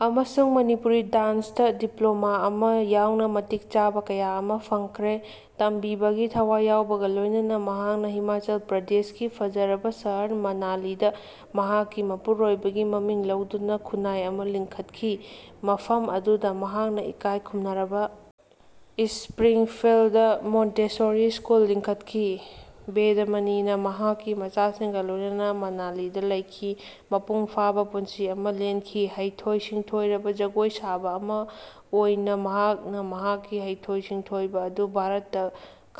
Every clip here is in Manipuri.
ꯑꯃꯁꯨꯡ ꯃꯅꯤꯄꯨꯔꯤ ꯗꯥꯟ꯭ꯁꯇ ꯗꯤꯄ꯭ꯂꯣꯃꯥ ꯑꯃ ꯌꯥꯎꯅ ꯃꯇꯤꯛ ꯆꯥꯕ ꯀꯌꯥ ꯑꯃ ꯐꯪꯈ꯭ꯔꯦ꯫ ꯇꯝꯕꯤꯕꯒꯤ ꯊꯋꯥꯏ ꯌꯥꯎꯕꯒ ꯂꯣꯏꯅꯅ, ꯃꯍꯥꯛꯅ ꯍꯤꯃꯥꯆꯜ ꯄ꯭ꯔꯗꯦꯁꯀꯤ ꯐꯖꯔꯕ ꯁꯍꯔ ꯃꯅꯥꯂꯤꯗ ꯃꯍꯥꯛꯀꯤ ꯃꯄꯨꯔꯣꯏꯕꯒꯤ ꯃꯃꯤꯡ ꯂꯧꯗꯨꯅ ꯈꯨꯟꯅꯥꯏ ꯑꯃ ꯂꯤꯡꯈꯠꯈꯤ꯫ ꯃꯐꯝ ꯑꯗꯨꯗ ꯃꯍꯥꯛꯅ ꯏꯀꯥꯏ ꯈꯨꯝꯅꯔꯕ ꯢꯁꯄ꯭ꯔꯤꯡꯐꯤꯜꯗ ꯃꯣꯟꯇꯦꯁꯣꯔꯤ ꯁ꯭ꯀꯨꯜ ꯂꯤꯡꯈꯠꯈꯤ꯫ ꯕꯦꯗꯃꯅꯤꯅ ꯃꯍꯥꯛꯀꯤ ꯃꯆꯥꯁꯤꯡꯒ ꯂꯣꯏꯅꯅ ꯃꯅꯥꯂꯤꯗ ꯂꯩꯈꯤ, ꯃꯄꯨꯡ ꯐꯥꯕ ꯄꯨꯟꯁꯤ ꯑꯃ ꯂꯦꯟꯈꯤ꯫ ꯍꯩꯊꯣꯏ-ꯁꯤꯡꯊꯣꯏꯔꯕ ꯖꯒꯣꯏ ꯁꯥꯕ ꯑꯃ ꯑꯣꯏꯅ ꯃꯍꯥꯛꯅ ꯃꯍꯥꯛꯀꯤ ꯍꯩꯊꯣꯏ-ꯁꯤꯡꯊꯣꯏꯕ ꯑꯗꯨ ꯚꯥꯔꯠꯇ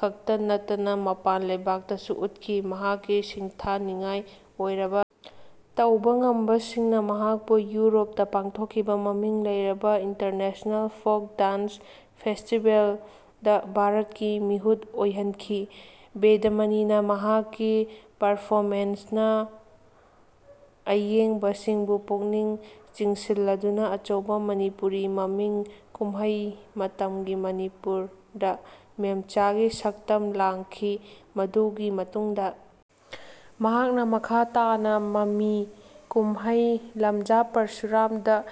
ꯈꯛꯇ ꯅꯠꯇꯅ ꯃꯄꯥꯟ ꯂꯩꯕꯥꯛꯇꯁꯨ ꯎꯠꯈꯤ꯫ ꯃꯍꯥꯛꯀꯤ ꯁꯤꯡꯊꯥꯅꯤꯡꯉꯥꯏ ꯑꯣꯏꯔꯕ ꯇꯧꯕ ꯉꯝꯕꯁꯤꯡꯅ ꯃꯍꯥꯛꯄꯨ ꯌꯨꯔꯣꯞꯇ ꯄꯥꯡꯊꯣꯛꯈꯤꯕ ꯃꯃꯤꯡ ꯂꯩꯔꯕ ꯏꯟꯇꯔꯅꯦꯁꯅꯦꯜ ꯐꯣꯛ ꯗꯥꯟ꯭ꯁ ꯐꯦꯁꯇꯤꯕꯦꯜꯗ ꯚꯥꯔꯠꯀꯤ ꯃꯤꯍꯨꯠ ꯑꯣꯏꯍꯟꯈꯤ꯫ ꯕꯦꯗꯃꯅꯤꯅ ꯃꯍꯥꯛꯀꯤ ꯄꯔꯐꯣꯃꯦꯟꯁ ꯅ ꯑꯌꯦꯡꯕꯁꯤꯡꯕꯨ ꯄꯨꯛꯅꯤꯡ ꯆꯤꯡꯁꯤꯜꯂꯗꯨꯅ ꯑꯆꯧꯕ ꯃꯅꯤꯄꯨꯔꯤ ꯃꯃꯤ ꯀꯨꯝꯍꯩ ꯃꯇꯝꯒꯤ ꯃꯅꯤꯄꯨꯔ ꯗ ꯃꯦꯝꯆꯥꯒꯤ ꯁꯛꯇꯝ ꯂꯥꯡꯈꯤ꯫ ꯃꯗꯨꯒꯤ ꯃꯇꯨꯡꯗ ꯃꯍꯥꯛꯅ ꯃꯈꯥ ꯇꯥꯅ ꯃꯃꯤ ꯀꯨꯝꯍꯩ ꯂꯝꯖꯥ ꯄꯔꯁꯨꯔꯥꯝ ꯗ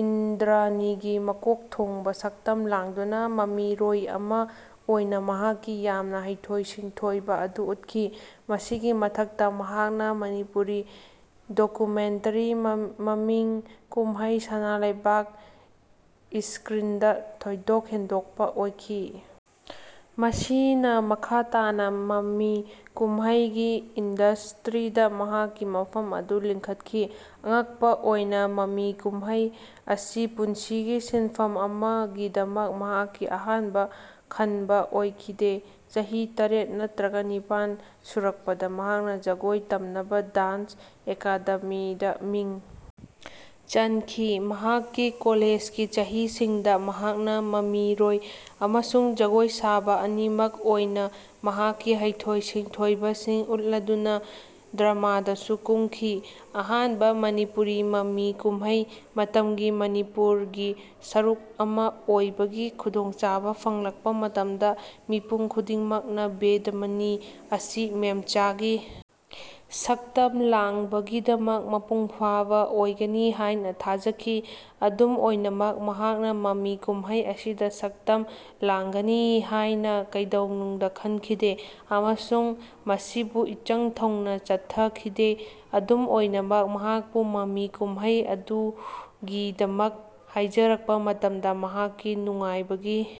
ꯏꯟꯗ꯭ꯔꯥꯅꯤꯒꯤ ꯃꯀꯣꯛ ꯊꯣꯡꯕ ꯁꯛꯇꯝ ꯂꯥꯡꯗꯨꯅ ꯃꯃꯤꯔꯣꯏ ꯑꯃ ꯑꯣꯏꯅ ꯃꯍꯥꯛꯀꯤ ꯌꯥꯝꯅ ꯍꯩꯊꯣꯏ-ꯁꯤꯡꯊꯣꯏꯕ ꯑꯗꯨ ꯎꯠꯈꯤ꯫ ꯃꯁꯤꯒꯤ ꯃꯊꯛꯇ, ꯃꯍꯥꯛꯅ ꯃꯅꯤꯄꯨꯔꯤ ꯗꯣꯀꯨꯃꯦꯟꯇꯔꯤ ꯃꯃꯤ ꯀꯨꯝꯍꯩ ꯁꯅꯥꯂꯩꯕꯛ ꯢꯁꯀ꯭ꯔꯤꯟꯗ ꯊꯣꯏꯗꯣꯛ ꯍꯦꯟꯗꯣꯛꯄ ꯑꯣꯏꯈꯤ, ꯃꯁꯤꯅ ꯃꯈꯥ ꯇꯥꯅ ꯃꯃꯤ ꯀꯨꯝꯍꯩꯒꯤ ꯏꯟꯗꯁꯇ꯭ꯔꯤꯗ ꯃꯍꯥꯛꯀꯤ ꯃꯐꯝ ꯑꯗꯨ ꯂꯤꯡꯈꯠꯈꯤ꯫ ꯑꯉꯛꯄ ꯑꯣꯏꯅ, ꯃꯃꯤ ꯀꯨꯝꯍꯩ ꯑꯁꯤ ꯄꯨꯟꯁꯤꯒꯤ ꯁꯤꯟꯐꯝ ꯑꯃꯒꯤꯗꯃꯛ ꯃꯍꯥꯛꯀꯤ ꯑꯍꯥꯟꯕ ꯈꯟꯕ ꯑꯣꯏꯈꯤꯗꯦ꯫ ꯆꯍꯤ ꯇꯔꯦꯠ ꯅꯠꯇ꯭ꯔꯒ ꯅꯤꯄꯥꯟ ꯁꯨꯔꯛꯄꯗ ꯃꯍꯥꯛꯅ ꯖꯒꯣꯏ ꯇꯝꯅꯕ ꯗꯥꯟ꯭ꯁ ꯑꯦꯀꯥꯗꯦꯃꯤꯗ ꯃꯤꯡ ꯆꯟꯈꯤ꯫ ꯃꯍꯥꯛꯀꯤ ꯀꯣꯂꯦꯖꯒꯤ ꯆꯍꯤꯁꯤꯡꯗ ꯃꯍꯥꯛꯅ ꯃꯃꯤꯔꯣꯏ ꯑꯃꯁꯨꯡ ꯖꯒꯣꯏ ꯁꯥꯕ ꯑꯅꯤꯃꯛ ꯑꯣꯏꯅ ꯃꯍꯥꯛꯀꯤ ꯍꯩꯊꯣꯏ-ꯁꯤꯡꯊꯣꯏꯕꯁꯤꯡ ꯎꯠꯂꯗꯨꯅ ꯗ꯭ꯔꯃꯥꯗꯁꯨ ꯀꯨꯝꯈꯤ꯫ ꯑꯍꯥꯟꯕ ꯃꯅꯤꯄꯨꯔꯤ ꯃꯃꯤ ꯀꯨꯝꯍꯩ, "ꯃꯇꯝꯒꯤ ꯃꯅꯤꯄꯨꯔ"ꯒꯤ ꯁꯔꯨꯛ ꯑꯃ ꯑꯣꯏꯕꯒꯤ ꯈꯨꯗꯣꯡꯆꯥꯕ ꯐꯪꯂꯛꯄ ꯃꯇꯝꯗ, ꯃꯤꯄꯨꯝ ꯈꯨꯗꯤꯡꯃꯛꯅ ꯕꯦꯗꯃꯅꯤ ꯑꯁꯤ ꯃꯦꯝꯆꯥꯒꯤ ꯁꯛꯇꯝ ꯂꯥꯡꯕꯒꯤꯗꯃꯛ ꯃꯄꯨꯡ ꯐꯥꯕ ꯑꯣꯏꯒꯅꯤ ꯍꯥꯏꯅ ꯊꯥꯖꯈꯤ꯫ ꯑꯗꯨꯝ ꯑꯣꯏꯅꯃꯛ, ꯃꯍꯥꯛꯅ ꯃꯃꯤ ꯀꯨꯝꯍꯩ ꯑꯁꯤꯗ ꯁꯛꯇꯝ ꯂꯥꯡꯒꯅꯤ ꯍꯥꯏꯅ ꯀꯩꯗꯧꯅꯨꯡꯗ ꯈꯟꯈꯤꯗꯦ ꯑꯃꯁꯨꯡ ꯃꯁꯤꯕꯨ ꯏꯆꯪ ꯊꯧꯅ ꯆꯠꯊꯈꯤꯗꯦ꯫ ꯑꯗꯨꯝ ꯑꯣꯏꯅꯃꯛ, ꯃꯍꯥꯛꯄꯨ ꯃꯃꯤ ꯀꯨꯝꯍꯩ ꯑꯗꯨꯒꯤꯗꯃꯛ ꯍꯥꯏꯖꯔꯛꯄ ꯃꯇꯝꯗ ꯃꯍꯥꯛꯀꯤ ꯅꯨꯡꯉꯥꯏꯕꯒꯤ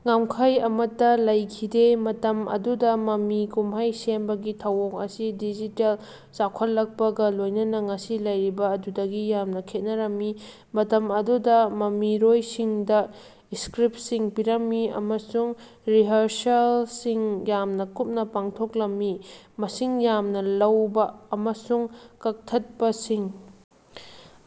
ꯉꯝꯈꯩ ꯑꯃꯠꯇ ꯂꯩꯈꯤꯗꯦ꯫ ꯃꯇꯝ ꯑꯗꯨꯗ ꯃꯃꯤ ꯀꯨꯝꯍꯩ ꯁꯦꯝꯕꯒꯤ ꯊꯧꯑꯣꯡ ꯑꯁꯤ ꯗꯤꯖꯤꯇꯦꯜ ꯆꯥꯎꯈꯠꯂꯛꯄꯒ ꯂꯣꯏꯅꯅ ꯉꯁꯤ ꯂꯩꯔꯤꯕ ꯑꯗꯨꯗꯒꯤ ꯌꯥꯝꯅ ꯈꯦꯠꯅꯔꯝꯃꯤ꯫ ꯃꯇꯝ ꯑꯗꯨꯗ ꯃꯃꯤꯔꯣꯏꯁꯤꯡꯗ ꯏꯁꯀ꯭ꯔꯤꯞꯁꯤꯡ ꯄꯤꯔꯝꯃꯤ ꯑꯃꯁꯨꯡ ꯔꯤꯍꯔꯁꯦꯜꯁꯤꯡ ꯌꯥꯝꯅ ꯀꯨꯞꯅ ꯄꯥꯡꯊꯣꯛꯂꯝꯃꯤ꯫ ꯃꯁꯤꯡ ꯌꯥꯝꯅ ꯂꯧꯕ ꯑꯃꯁꯨꯡ ꯀꯛꯊꯠꯄꯁꯤꯡ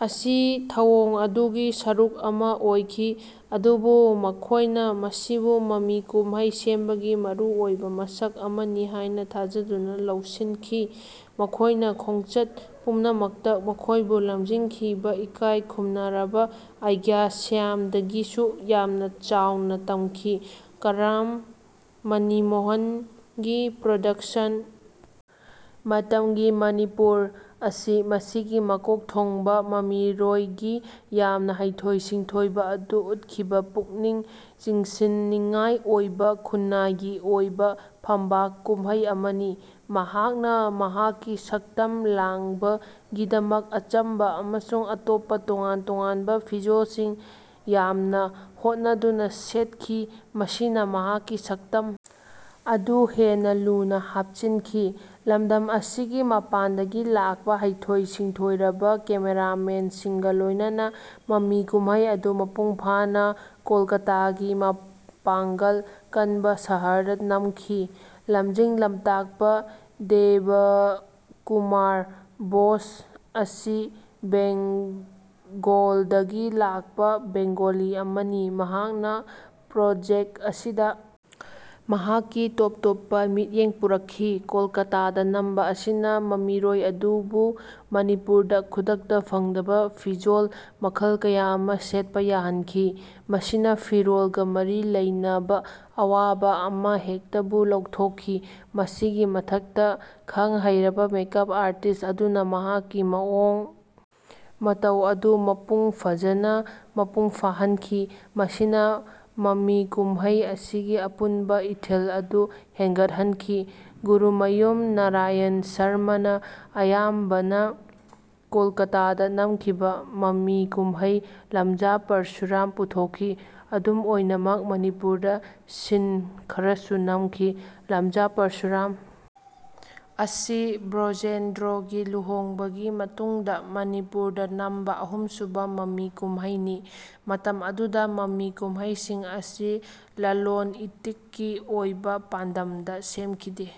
ꯑꯁꯤ ꯊꯧꯑꯣꯡ ꯑꯗꯨꯒꯤ ꯁꯔꯨꯛ ꯑꯃ ꯑꯣꯏꯈꯤ, ꯑꯗꯨꯕꯨ ꯃꯈꯣꯏꯅ ꯃꯁꯤꯕꯨ ꯃꯃꯤ ꯀꯨꯝꯍꯩ ꯁꯦꯝꯕꯒꯤ ꯃꯔꯨꯑꯣꯏꯕ ꯃꯁꯛ ꯑꯃꯅꯤ ꯍꯥꯏꯅ ꯊꯥꯖꯗꯨꯅ ꯂꯧꯁꯤꯟꯈꯤ꯫ ꯃꯈꯣꯏꯅ ꯈꯣꯡꯆꯠ ꯄꯨꯝꯅꯃꯛꯇ ꯃꯈꯣꯏꯕꯨ ꯂꯝꯖꯤꯡꯈꯤꯕ ꯏꯀꯥꯏ ꯈꯨꯝꯅꯔꯕ ꯑꯩꯒ꯭ꯌꯥ ꯁ꯭ꯌꯥꯝꯗꯒꯤꯁꯨ ꯌꯥꯝꯅ ꯆꯥꯎꯅ ꯇꯝꯈꯤ꯫ ꯀꯔꯥꯝ ꯃꯅꯤꯃꯣꯍꯟꯒꯤ ꯄ꯭ꯔꯣꯗꯛꯁꯟ, "ꯃꯇꯝꯒꯤ ꯃꯅꯤꯄꯨꯔ"ꯑꯁꯤ ꯃꯁꯤꯒꯤ ꯃꯀꯣꯛ ꯊꯣꯡꯕ ꯃꯃꯤꯔꯣꯏꯒꯤ ꯌꯥꯝꯅ ꯍꯩꯊꯣꯏ-ꯁꯤꯡꯊꯣꯏꯕ ꯑꯗꯨ ꯎꯠꯈꯤꯕ ꯄꯨꯛꯅꯤꯡ ꯆꯤꯡꯁꯤꯟꯅꯤꯡꯉꯥꯏ ꯑꯣꯏꯕ ꯈꯨꯟꯅꯥꯏꯒꯤ ꯑꯣꯏꯕ ꯐꯝꯕꯥꯛ ꯀꯨꯝꯍꯩ ꯑꯃꯅꯤ꯫ ꯃꯍꯥꯛꯅ ꯃꯍꯥꯛꯀꯤ ꯁꯛꯇꯝ ꯂꯥꯡꯕꯒꯤꯗꯃꯛ ꯑꯆꯝꯕ ꯑꯃꯁꯨꯡ ꯑꯇꯣꯞꯄ ꯇꯣꯉꯥꯟ-ꯇꯣꯉꯥꯟꯕ ꯐꯤꯖꯣꯜꯁꯤꯡ ꯌꯥꯝꯅ ꯍꯣꯠꯅꯗꯨꯅ ꯁꯦꯠꯈꯤ, ꯃꯁꯤꯅ ꯃꯍꯥꯛꯀꯤ ꯁꯛꯇꯝ ꯑꯗꯨ ꯍꯦꯟꯅ ꯂꯨꯅ ꯍꯥꯞꯆꯤꯟꯈꯤ꯫ ꯂꯝꯗꯝ ꯑꯁꯤꯒꯤ ꯃꯄꯥꯟꯗꯒꯤ ꯂꯥꯛꯄ ꯍꯩꯊꯣꯏ-ꯁꯤꯡꯊꯣꯏꯔꯕ ꯀꯦꯃꯦꯔꯥꯃꯦꯟꯁꯤꯡꯒ ꯂꯣꯏꯅꯅ, ꯃꯃꯤ ꯀꯨꯝꯍꯩ ꯑꯗꯨ ꯃꯄꯨꯡ ꯐꯥꯅ ꯀꯣꯜꯀꯥꯇꯥꯒꯤ ꯃꯄꯥꯡꯒꯜ ꯀꯟꯕ ꯁꯍꯔꯗ ꯅꯝꯈꯤ꯫ ꯂꯝꯖꯤꯡ ꯂꯝꯇꯥꯛꯄ ꯗꯦꯕꯀꯨꯃꯥꯔ ꯕꯣꯁ ꯑꯁꯤ ꯕꯦꯡꯒꯣꯜꯗꯒꯤ ꯂꯥꯛꯄ ꯕꯦꯡꯒꯣꯂꯤ ꯑꯃꯅꯤ, ꯃꯍꯥꯛꯅ ꯄ꯭ꯔꯣꯖꯦꯛ ꯑꯁꯤꯗ ꯃꯍꯥꯛꯀꯤ ꯇꯣꯞ-ꯇꯣꯞꯄ ꯃꯤꯠꯌꯦꯡ ꯄꯨꯔꯛꯈꯤ꯫ ꯀꯣꯜꯀꯥꯇꯥꯗ ꯅꯝꯕ ꯑꯁꯤꯅ ꯃꯃꯤꯔꯣꯏ ꯑꯗꯨꯕꯨ ꯃꯅꯤꯄꯨꯔꯗ ꯈꯨꯗꯛꯇ ꯐꯪꯗꯕ ꯐꯤꯖꯣꯜ ꯃꯈꯜ ꯀꯌꯥ ꯑꯃ ꯁꯦꯠꯄ ꯌꯥꯍꯟꯈꯤ, ꯃꯁꯤꯅ ꯐꯤꯔꯣꯜꯒ ꯃꯔꯤ ꯂꯩꯅꯕ ꯑꯋꯥꯕ ꯑꯃꯍꯦꯛꯇꯕꯨ ꯂꯧꯊꯣꯛꯈꯤ꯫ ꯃꯁꯤꯒꯤ ꯃꯊꯛꯇ, ꯈꯪꯍꯩꯔꯕ ꯃꯦꯀꯞ ꯑꯥꯔꯇꯤꯁ ꯑꯗꯨꯅ ꯃꯍꯥꯛꯀꯤ ꯃꯑꯣꯡ ꯃꯇꯧ ꯑꯗꯨ ꯃꯄꯨꯡ ꯐꯥꯖꯅ ꯃꯄꯨꯡ ꯐꯥꯍꯟꯈꯤ, ꯃꯁꯤꯅ ꯃꯃꯤ ꯀꯨꯝꯍꯩ ꯑꯁꯤꯒꯤ ꯑꯄꯨꯟꯕ ꯏꯊꯤꯜ ꯑꯗꯨ ꯍꯦꯟꯒꯠꯍꯟꯈꯤ꯫ ꯒꯨꯔꯨꯃꯌꯨꯝ ꯅꯥꯔꯥꯌꯟ ꯁꯔꯃꯅ ꯑꯌꯥꯝꯕꯅ ꯀꯣꯜꯀꯥꯇꯥꯗ ꯅꯝꯈꯤꯕ ꯃꯃꯤ ꯀꯨꯝꯍꯩ ꯂꯝꯖꯥ ꯄꯔꯁꯨꯔꯥꯝ ꯄꯨꯊꯣꯛꯈꯤ꯫ ꯑꯗꯨꯝ ꯑꯣꯏꯅꯃꯛ, ꯃꯅꯤꯄꯨꯔꯗ ꯁꯤꯟ ꯈꯔꯁꯨ ꯅꯝꯈꯤ꯫ ꯂꯝꯖꯥ ꯄꯔꯁꯨꯔꯥꯝ ꯑꯁꯤ ꯕ꯭ꯔꯣꯖꯦꯟꯗ꯭ꯔꯣꯒꯤ ꯂꯨꯍꯣꯡꯕꯥꯒꯤ ꯃꯇꯨꯡꯗ ꯃꯅꯤꯄꯨꯔꯗ ꯅꯝꯕ ꯑꯍꯨꯝꯁꯨꯕ ꯃꯃꯤ ꯀꯨꯝꯍꯩꯅꯤ꯫ ꯃꯇꯝ ꯑꯗꯨꯗ ꯃꯃꯤ ꯀꯨꯝꯍꯩꯁꯤꯡ ꯑꯁꯤ ꯂꯂꯣꯟ-ꯏꯇꯤꯛꯀꯤ ꯑꯣꯏꯕ ꯄꯥꯟꯗꯝꯗ ꯁꯦꯝꯈꯤꯗꯦ꯫